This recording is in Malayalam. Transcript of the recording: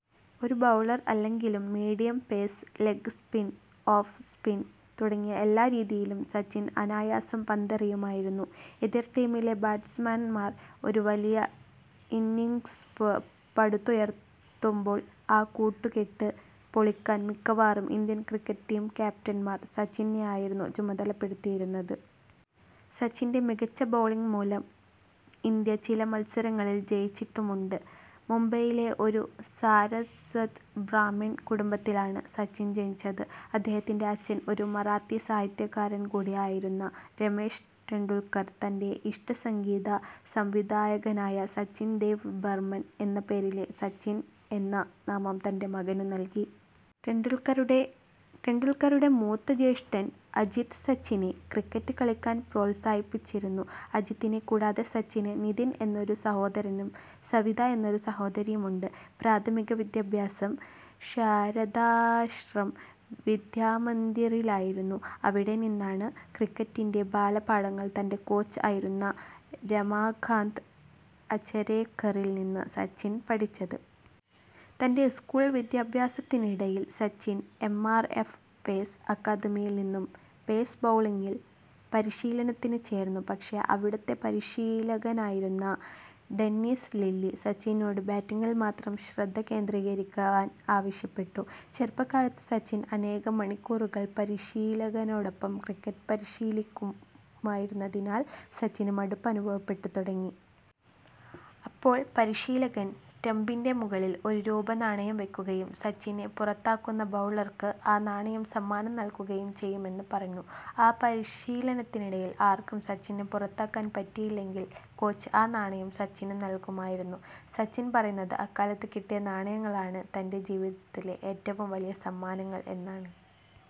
ഒരു ബൗളർ അല്ലെങ്കിലും medium pace, leg spin, off spin തുടങ്ങിയ എല്ലാ രീതിയിലും സച്ചിൻ അനായാസം പന്തെറിയുമായിരുന്നു. എതിർ ടീമിലെ ബാറ്റ്സ്മാൻമാർ ഒരു വലിയ ഇന്നിംഗ്സ് പടുത്തുയർത്തുമ്പോൾ ആ കൂട്ടു കെട്ട് പൊളിക്കാൻ മിക്കവാറും ഇന്ത്യൻ ക്രിക്കറ്റ് ടീം ക്യാപ്റ്റന്മാർ സച്ചിനെയായിരുന്നു ചുമതലപ്പെടുത്തിയിരുന്നത്. സച്ചിന്റെ മികച്ച ബൗളിംഗ് മൂലം ഇന്ത്യ ചില മൽസരങ്ങളിൽ ജയിച്ചിട്ടുമുണ്ട്. മുംബൈയിലെ ഒരു സാരസ്വത് ബ്രാഹ്മിൺ കുടുംബത്തിലാണ് സച്ചിൻ ജനിച്ചത്. അദ്ദേഹത്തിന്റെ അച്ഛൻ ഒരു മറാത്തി സാഹിത്യകാരൻ കൂടിയായിരുന്ന രമേഷ് ടെണ്ടുൽക്കർ, തന്റെ ഇഷ്ട സംഗീത സംവിധായകനായ സച്ചിൻ ദേവ് ബർമ്മൻ എന്ന പേരിലെ സച്ചിൻ എന്ന നാമം തന്റെ മകനു നൽകി. ടെണ്ടുൽക്കറുടെ മൂത്ത ജ്യേഷ്ഠൻ അജിത് സച്ചിനെ ക്രിക്കറ്റ് കളിക്കാൻ പ്രോൽസാഹിപ്പിച്ചിരുന്നു. അജിതിനെ കൂടാതെ സച്ചിന് നിതിൻ എന്നൊരു സഹോദരനും സവിത എന്നൊരു സഹോദരിയുമുണ്ട്. പ്രാഥമിക വിദ്യാഭ്യാസം ശാരദാശ്രം വിദ്യാമന്ദിറിലായിരുന്നു. അവിടെ നിന്നാണ് ക്രിക്കറ്റിന്റെ ബാല പാഠങ്ങൾ തന്റെ കോച്ച് ആയിരുന്ന രമാകാന്ത് അചരേക്കറിൽ നിന്ന് സച്ചിൻ പഠിച്ചത്. തന്റെ സ്കൂൾ വിദ്യാഭ്യാസത്തിനിടയിൽ Sachin M. R. F. Pace അക്കാദമിയിൽ നിന്നും പേസ് ബൗളിംഗിൽ പരിശീലനത്തിന് ചേർന്നു. പക്ഷേ അവിടത്തെ പരിശീലകനായിരുന്ന ഡെന്നിസ് ലില്ലി, സച്ചിനോട് ബാറ്റിംഗിൽ മാത്രം ശ്രദ്ധ കേന്ദ്രീകരിക്കാൻ ആവശ്യപ്പെട്ടു. ചെറുപ്പ കാലത്ത് സച്ചിൻ അനേകം മണിക്കൂറുകൾ പരിശീലകനോടൊപ്പം ക്രിക്കറ്റ് പരിശീലിക്കുമായിരുന്നതിനാൽ സച്ചിന് മടുപ്പ് അനുഭവപ്പെട്ടു തുടങ്ങി. അപ്പോൾ പരിശീലകൻ സ്റ്റമ്പിന്റെ മുകളിൽ ഒരു രൂപ നാണയം വെയ്ക്കുകയും സച്ചിനെ പുറത്താക്കുന്ന ബൗളർക്ക് ആ നാണയം സമ്മാനം നൽകുകയും ചെയ്യുമെന്ന് പറഞ്ഞു. ആ പരിശീലനത്തിനിടയിൽ ആർക്കും സച്ചിനെ പുറത്താക്കാൻ പറ്റിയില്ലെങ്കിൽ കോച്ച് ആ നാണയം സച്ചിനും നൽകുമായിരുന്നു. സച്ചിൻ പറയുന്നത് അക്കാലത്ത് കിട്ടിയ നാണയങ്ങൾ ആണ് തന്റെ ജീവിതത്തിലെ ഏറ്റവും വലിയ സമ്മാനങ്ങൾ എന്നാണ്.